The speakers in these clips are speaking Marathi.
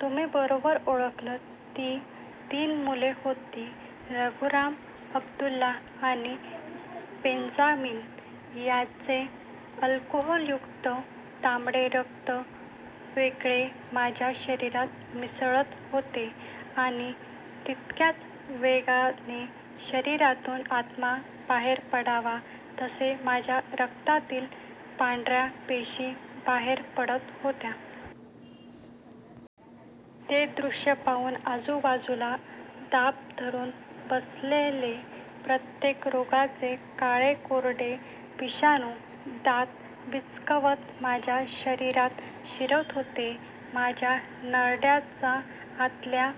तुम्ही बरोबर ओळखलंत! ती तीन मुले होती रघुराम, अब्दुल्ला आणि बेंजामीन. त्यांचे अल्कोहोलयुक्त तांबडे रक्त वेगाने माझ्या शरीरात मिसळत होते आणि तितक्याच वेगाने शरीरातून आत्मा बाहेर पडावा तसे माझ्या रक्तातील पांढर्या पेशी बाहेर पडत होत्या. ते द्रुश्य पाहून आजूबाजूला दबा धरून बसलेले कित्येक रोगांचे काळेकरडे विषाणू, दात विचकावत माझ्या शरीरात शिरत होते. माझ्या नरड्याचा आतल्या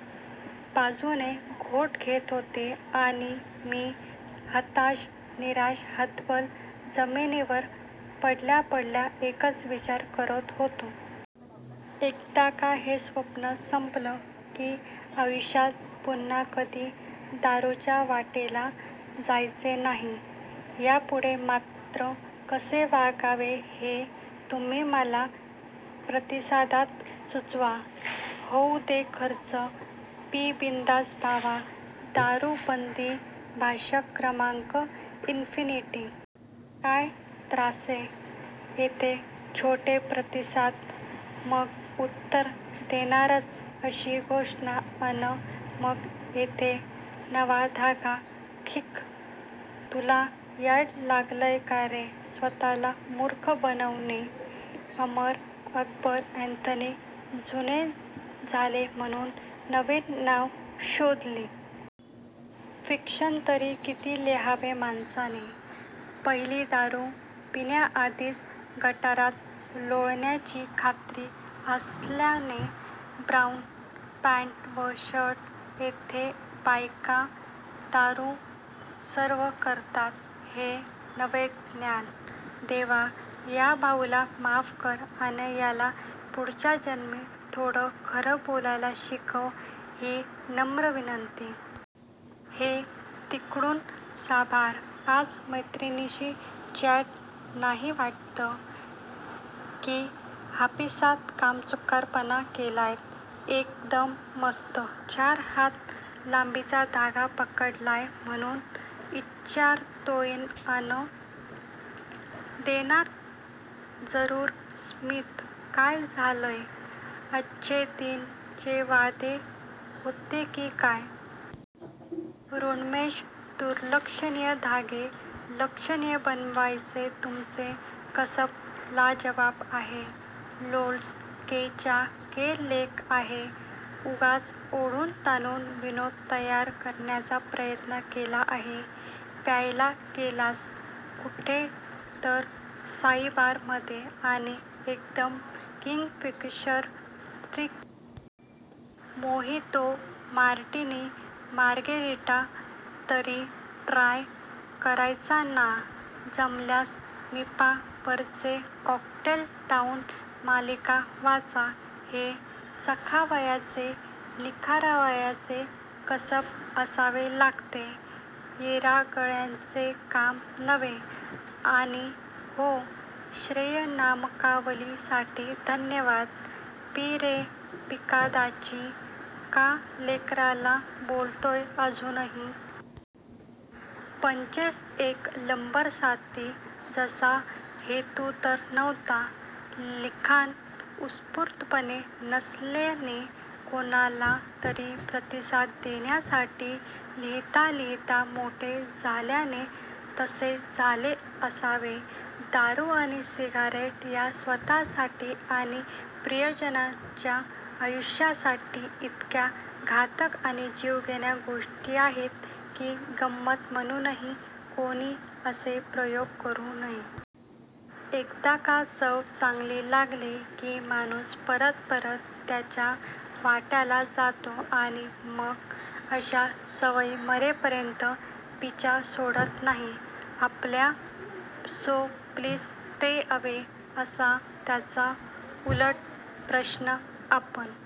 बाजूने घोट घेत होते. आणि मी हताश निराश हतबल, जमिनीवर पडल्यापडल्या एकच विचार करत होतो. एकदा का हे स्वप्न संपले, की आयुष्यात पुन्हा कधी दारूच्या वाटेला जायचे नाही. यापुढे मात्र कसे वागावे हे तुम्ही मला प्रतिसादांत सुचवा.. होऊ दे खर्चा.! पी बिनधास्त भावा..!! दारूबंदी भाषण क्र. "" इन्फिनिटी. काय त्रासे! तिथे छोटे प्रतिसाद. मग उत्तर देनारच अशी घोषणा. अन मग इथे नवा धागा. खिक्क! तुला याड लागलय का रे? स्वतःला मूर्ख बनवणे. अमर अकबर अँटनी जुने झाले, म्हणून नवी नांवं शोधली. फिक्शन तरी किती लिहावं माणसाने! पहिली दारू पिण्याआधीच गटारात लोळण्याची खात्री असल्याने ब्राऊन पँट व शर्ट. तिथे बायका दारू सर्व करतात हे नवे ज्ञान! देवा, या भाऊला माफ कर, अन याला पुढच्या जन्मी थोडं खरं बोलायला शिकव, ही नम्र विनंती. हे 'तिकडूण' साभार. आज मैत्रिणीशी चॅट नाही वाट्टं? की हापिसात कामचुकारपणा केलात? एकदम मस्त चार हात लांबीचा धागा पाडलात म्हणून इच्चरतोयअन "देणार जरूर स्मित"चं काय झालं? अच्चे दिन चे वादे होते की काय? ऋन्मेष, दुर्लक्षणीय धागे लक्षणीय बनवण्याचे तुमचे कसब लाजवाब आहे. लोल्स!! कै च्या कै लेख आहे. उगीच ओढून ताणून विनोद तयार करायचा प्रयत्न केला आहे. प्यायला गेलात कुठे तर "साईश्रद्धा बार" मध्ये? आणि एकदम Kingfisher strong? Mojito, martini, margarita तरी ट्राय करायचे ना? जमल्यास मिपा वरची कॉकटेल लाऊंज मालिका वाचा. हे चाखायचे, निभावयाचे कसब असावे लागते. येरागबाळ्याचे काम नोहे! आणि हो श्रेयनामावलीसाठी धन्यवाद!! पी रे पीकांदाजी, का लेकराला बोलताय अजूनही?.. पंचेस एक लंबरसाती, तसा हेतू तर नव्हता. लिखाण उत्स्फुर्त नसल्याने, कोणाला तरी प्रतिसाद देण्यासाठी लिहिता लिहिता मोठे झाल्याने तसे झाले असावे. दारु आणि सिगारेट ह्या स्वतःसाठी आणि प्रियजंनाच्या आयुष्यासाठी इतक्या घातक आणि जीवघेण्या गोष्टी आहेत की गम्मत म्हणूनही कुणी असे प्रयोग करु नये. एकदा का चव चांगली लागली की माणूस परत परत त्याच्या वाट्याला जातो आणि मग अशा सवयी मरेपर्यंत पिच्छा सोडत नाहीत आपला. So please stay away! तर त्याचा उलट प्रश्न, "आपण